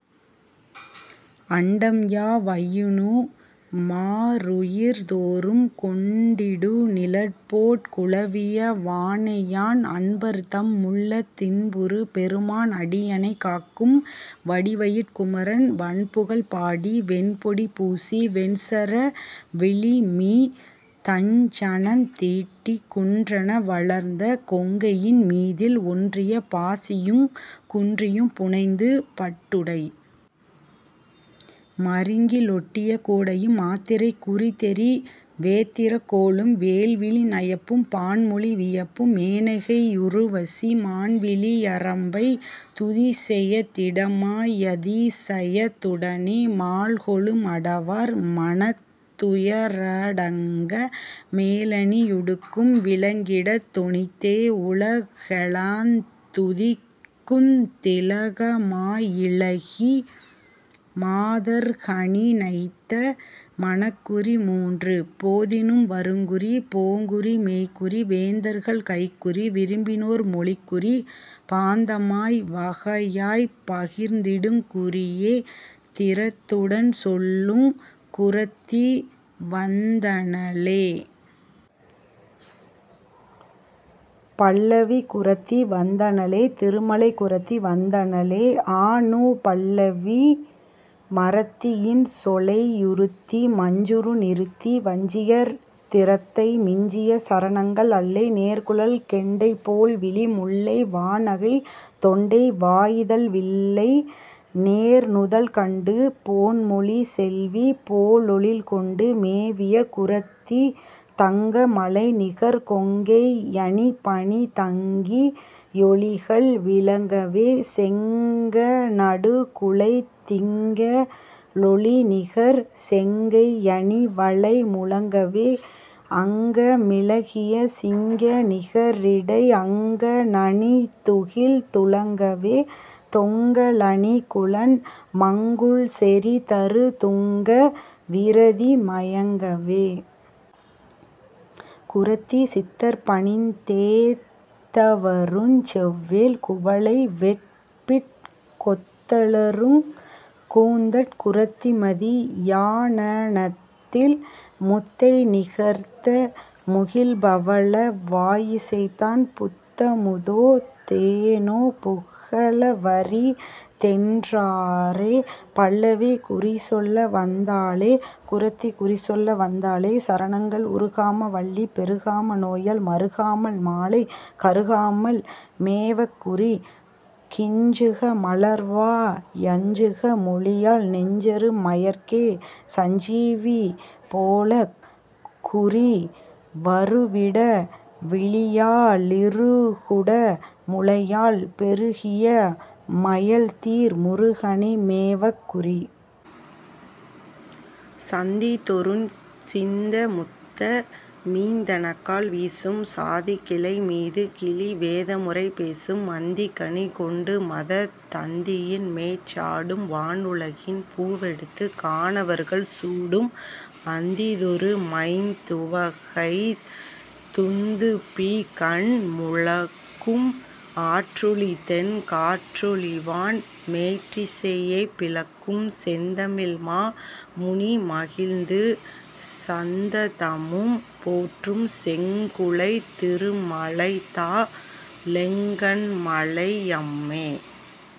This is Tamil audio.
அண்டம்யா வையினு மாருயிர் தோறும் கொண்டிடு நிழற்போற் குலவிய வாணையான் அன்பர்தம் முள்ளத் தின்புறு பெருமான் அடியனைக் காக்கும் வடிவயிற் குமரன் வண்புகழ் பாடி வெண்பொடி பூசி வெஞ்சர விழிமீ தஞ்சனந் தீட்டிக் குன்றென வளர்ந்த கொங்கையின் மீதில் ஒன்றிய பாசியுங் குன்றியும் புனைந்து பட்டுடை மருங்கி லொட்டிய கூடையும் மாத்திரைக் குறிதெரி வேத்திரக் கோலும் வேல்விழி நயப்பும் பான்மொழி வியப்பும் மேனகை யுருவசி மான்விழி யரம்பை துதிசெயத் திடமா யதிசயத் துடனே மால்கொளு மடவார் மனத்துய ரடங்க மேலணி யுடுக்கும் விளங்கிடத் தொனித்தே உலகெலாந் துதிக்குந் திலகமா யிலகி மாதர்க ணினைத்த மனக்குறி மூன்று போதினும் வருங்குறி போங்குறி மெய்க்குறி வேந்தர்கள் கைக்குறி விரும்பினோர் மொழிக்குறி பாந்தமாய் வகையாய்ப் பகர்ந்திடுங் குறியே திறத்துடன் சொல்லுங் குறத்திவந் தனளே..... பல்லவி குறத்தி வந்தனளே திருமலைக் குறத்தி வந்தனளே அநுபல்லவி மறத்தி யின்சொலை யுறுத்தி மஞ்சுறு நிறத்தி வஞ்சியர் திறத்தை மிஞ்சிய சரணங்கள் அல்லை நேர்குழல் கெண்டை போல்விழி முல்லை வாணகை தொண்டை வாயிதழ் வில்லை நேர்நுதல் கண்டு போன்மொழி செல்வி போலெழில் கொண்டு மேவிய குறத்தி தங்க மலைநிகர் கொங்கை யணிபணி தங்கி யொளிகள் விளங்கவே செங்க ணடுகுழை திங்க ளொளிநிகர் செங்கை யணிவளை முழங்கவே அங்க மிலகிய சிங்க நிகரிடை அங்க ணணிதுகில் துலங்கவே தொங்க லணிகுழன் மங்குல் செறிதரு துங்க விரதி மயங்கவே. குறத்தி.... சித்தர்பணிந் தேத்தவருஞ் செவ்வேள் குவளைவெற்பிற் கொத்தலருங் கூந்தற் குறத்திமதி யானனத்தில் முத்தை நிகர்த்த முகிழ்ப்பவள வாயிசைதான் புத்தமுதோ தேனோ புகலவரி தென்றாரே..... பல்லவி குறிசொல்ல வந்தாளே குறத்தி குறிசொல்ல வந்தாளே சரணங்கள் உறுகாம வல்லி பெறுகாம நோயால் மறுகாமல் மாலை கருகாமல் மேவக் குறி கிஞ்சுக மலர்வா யஞ்சுக மொழியாள் நெஞ்சறு மயற்கே சஞ்சீவி போலக் குறி வருவிட விழியா ளிருகுட முலையாள் பெருகிய மயல்தீர் முருகனை மேவக் குறி.... சந்திதொறுஞ் சிந்தமுத்த மீந்தெனக்கால் வீசும் சாதிகிளை மீதுகிளி வேதமுறை பேசும் மந்திகனி கொண்டுமத தந்தியின்மேற் சாடும் வானுலகின் பூவெடுத்துக் கானவர்கள் சூடும் அந்திதொறு மைந் துவகைத் துந்துபிகண் முழக்கும் ஆற்றொலிதென் காற்றொலிவான் மேற்றிசையைப் பிளக்கும் செந்தமிழ்மா முனிமகிழ்ந்து சந்ததமும் போற்றும் செங்குளைத் திருமலைதா ளெங்கண்மலை யம்மே.